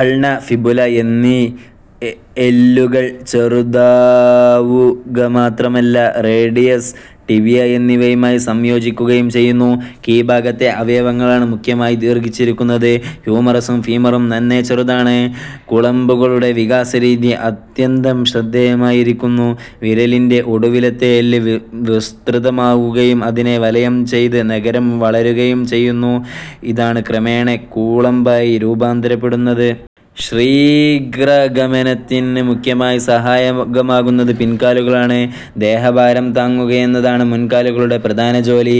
Ulna, fibula എന്നീ എല്ലുകൾ ചെറുതാവുകമാത്രമല്ല, റേഡിയസ്, ടിബിയ എന്നിവയുമായി സംയോജിക്കുകയും ചെയ്യുന്നു. കീഴ്ഭാഗത്തെ അവയവങ്ങളാണ് മുഖ്യമായി ദീർഘിച്ചിരിക്കുന്നത്. ഹ്യൂമറസും ഫീമറും നന്നേ ചെറുതാണ്. കുളമ്പുകളുടെ വികാസരീതി അത്യന്തം ശ്രദ്ധേയമായിരിക്കുന്നു. വിരലിന്റെ ഒടുവിലത്തെ എല്ല് വിസ്തൃതമാകുകയും അതിനെ വലയംചെയ്ത് നഖരം വളരുകയും ചെയ്യുന്നു. ഇതാണ് ക്രമേണ കുളമ്പായി രൂപാന്തരപ്പെടുന്നത്. ശീഘ്രഗമനത്തിന് മുഖ്യമായി സഹായകമാകുന്നത് പിൻകാലുകളാണ്. ദേഹഭാരം താങ്ങുകയെന്നതാണ് മുൻകാലുകളുടെ പ്രധാനജോലി.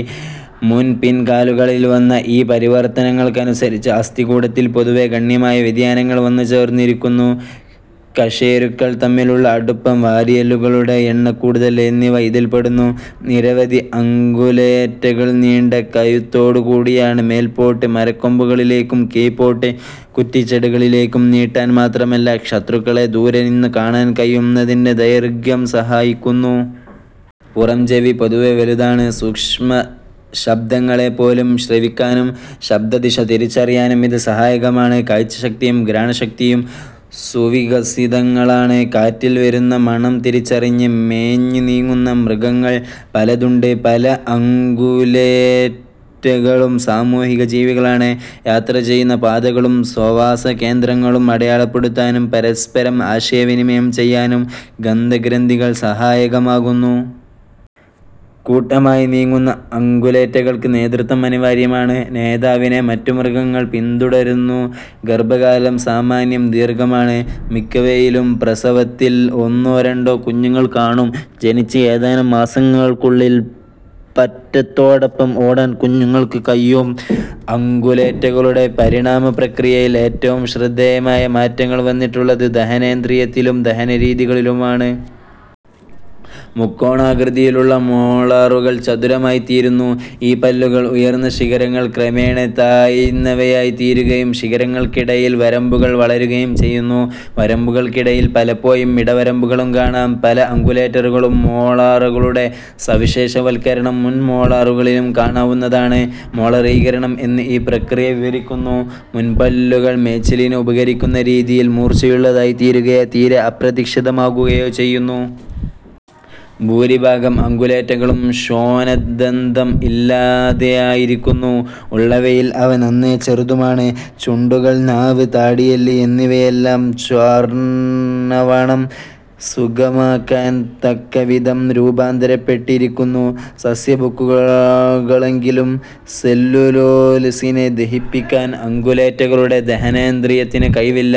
മുൻ-പിൻ കാലുകളിൽ വന്ന ഈ പരിവർത്തനങ്ങൾക്കനുസരിച്ച് അസ്ഥികൂടത്തിൽ പൊതുവേ ഗണ്യമായ വ്യതിയാനങ്ങൾ വന്നുചേർന്നിരിക്കുന്നു. കശേരുക്കൾ തമ്മിലുള്ള അടുപ്പം, വാരിയെല്ലുകളുടെ എണ്ണക്കൂടുതൽ എന്നിവ ഇതിൽപ്പെടുന്നു. നിരവധി അംഗുലേറ്റകൾ നീണ്ട കഴുത്തോടുകൂടിയവയാണ്. മേല്പോട്ട് മരക്കൊമ്പുകളിലേക്കും കീഴ്പോട്ട് കുറ്റിച്ചെടികളിലേക്കും നീട്ടാൻ മാത്രമല്ല, ശത്രുക്കളെ ദൂരെനിന്ന് കാണാൻകൂടി കഴുത്തിന്റെ ദൈർഘ്യം സഹായിക്കുന്നു. പുറംചെവി പൊതുവേ വലുതാണ്. സൂക്ഷ്മശബ്ദങ്ങളെപ്പോലും ശ്രവിക്കാനും ശബ്ദദിശ തിരിച്ചറിയാനും ഇതു സഹായകമാണ്. കാഴ്ചശക്തിയും ഘ്രാണശക്തിയും സുവികസിതങ്ങളാണ്. കാറ്റിൽ വരുന്ന മണം തിരിച്ചറിഞ്ഞ് മേഞ്ഞുനീങ്ങുന്ന മൃഗങ്ങൾ പലതുണ്ട്. പല അംഗുലേറ്റകളും സാമൂഹികജീവികളാണ്. യാത്ര ചെയ്യുന്ന പാതകളും സ്വവാസകേന്ദ്രങ്ങളും അടയാളപ്പെടുത്താനും പരസ്പരം ആശയവിനിമയം ചെയ്യാനും ഗന്ധ ഗ്രന്ഥികൾ സഹായകമാകുന്നു. കൂട്ടമായി നീങ്ങുന്ന അംഗുലേറ്റകൾക്ക് നേതൃത്വം അനിവാര്യമാണ്. നേതാവിനെ മറ്റു മൃഗങ്ങൾ പിന്തുടരുന്നു. ഗർഭകാലം സാമാന്യം ദീർഘമാണ്. മിക്കവയിലും ഒരു പ്രസവത്തിൽ ഒന്നോ രണ്ടോ കുഞ്ഞുങ്ങൾ കാണും. ജനിച്ച് ഏതാനും മാസങ്ങൾക്കുള്ളിൽ പറ്റത്തോടൊപ്പം ഓടാൻ കുഞ്ഞുങ്ങൾക്കു കഴിയും. അംഗുലേറ്റകളുടെ പരിണാമ പ്രക്രിയയിൽ ഏറ്റവും ശ്രദ്ധേയമായ മാറ്റങ്ങൾ വന്നിട്ടുള്ളത് ദഹനേന്ദ്രിയത്തിലും ദഹനരീതിയിലുമാണ്. മുക്കോണാകൃതിയിലുള്ള മോളാറുകൾ ചതുരമായിത്തീരുന്നു. ഈ പല്ലുകളിലെ ഉയർന്ന ശിഖരങ്ങൾ ക്രമേണ താഴ്ന്നവയായിത്തീരുകയും ശിഖരങ്ങൾക്കിടയിൽ വരമ്പുകൾ വളരുകയും ചെയ്യുന്നു. വരമ്പുകൾക്കിടയിൽ പലപ്പോഴും ഇടവരമ്പുകളും കാണാം. പല അംഗുലേറ്റകളിലും മോളാറുകളുടെ സവിശേഷവത്കരണം മുൻമോളാറുകളിലും കാണാവുന്നതാണ്. മോളറീകരണം എന്ന് ഈ പ്രക്രിയയെ വിവരിക്കുന്നു. മുൻപല്ലുകൾ മേച്ചിലിന് ഉപകരിക്കുന്നരീതിയിൽ മൂർച്ചയുള്ളതായിത്തീരുകയോ തീരെ അപ്രത്യക്ഷമാകുകയോ ചെയ്യുന്നു. ഭൂരിഭാഗം അംഗുലേറ്റകളിലും ശ്വാനദന്തം ഇല്ലാതായിരിക്കുന്നു; ഉള്ളവയിൽ അവ നന്നേ ചെറുതുമാണ്. ചുണ്ടുകൾ, നാവ്, താടിയെല്ല് എന്നിവയെല്ലാം ചർവണം സുഗമമാക്കാൻ തക്കവിധം രൂപാന്തരപ്പെട്ടിരിക്കുന്നു. സസ്യഭുക്കുകളെങ്കിലും സെല്ലുലോസിനെ ദഹിപ്പിക്കാൻ അംഗുലേറ്റകളുടെ ദഹനേന്ദ്രിയത്തിനു കഴിവില്ല.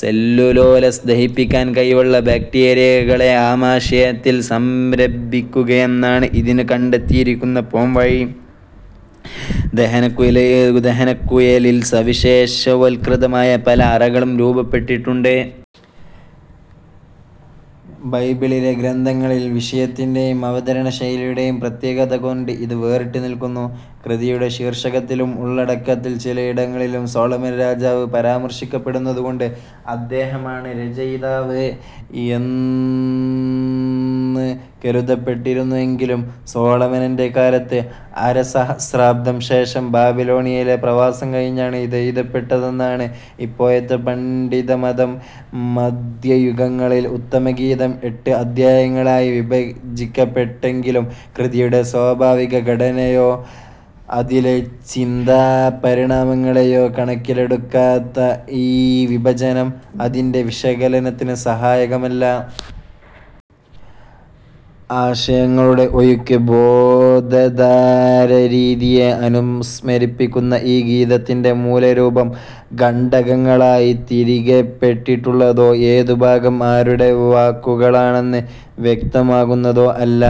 സെല്ലുലോസ് ദഹിപ്പിക്കാൻ കഴിവുള്ള ബാക്റ്റീരിയകളെ ആമാശയത്തിൽ സംഭരിക്കുകയെന്നതാണ് ഇതിനു കണ്ടെത്തിയിരിക്കുന്ന പോംവഴി. ദഹനക്കുഴലിൽ സവിശേഷവത്കൃതമായ പല അറകളും രൂപപ്പെട്ടിട്ടുണ്ട്. ബൈബിളിലെ ഗ്രന്ഥങ്ങളിൽ വിഷയത്തിന്റേയും അവതരണശൈലിയുടേയും പ്രത്യേകത കൊണ്ട് ഇത് വേറിട്ട് നിൽക്കുന്നു. കൃതിയുടെ ശീർഷകത്തിലും ഉള്ളടക്കത്തിൽ ചിലയിടങ്ങളിലും സോളമൻ രാജാവ് പരാമർശിക്കപ്പെടുന്നതുകൊണ്ട്, അദ്ദേഹമാണ് രചയിതാവ് എന്ന് കരുതപ്പെട്ടിരുന്നെങ്കിലും, സോളമന്റെ കാലത്തിന് അരസഹസ്രാബ്ദം ശേഷം ബാബിലോണിലെ പ്രവാസം കഴിഞ്ഞാണ് ഇതെഴുതപ്പെട്ടതെന്നാണ് ഇപ്പോഴത്തെ പണ്ഡിതമതം. മദ്ധ്യയുഗങ്ങളിൽ, ഉത്തമഗീതം എട്ട് അദ്ധ്യായങ്ങളായി വിഭജിക്കപ്പെട്ടെങ്കിലും കൃതിയുടെ സ്വാഭാവിക ഘടനയേയോ അതിലെ ചിന്താപരിണാമങ്ങളേയോ കണക്കിലെടുക്കാത്ത ഈ വിഭജനം അതിന്റെ വിശകലനത്തിന് സഹായകമല്ല. ആശയങ്ങളുടെ ഒഴുക്ക് ബോധധാരാരീതിയെ അനുസ്മരിപ്പിക്കുന്ന ഈ ഗീതത്തിന്റെ മൂലരൂപം ഖണ്ഡങ്ങളായി തിരിക്കപ്പെട്ടിട്ടുള്ളതോ, ഏതുഭാഗം ആരുടെ വാക്കുകളാണെന്ന് വ്യക്തമാക്കുന്നതോ അല്ല.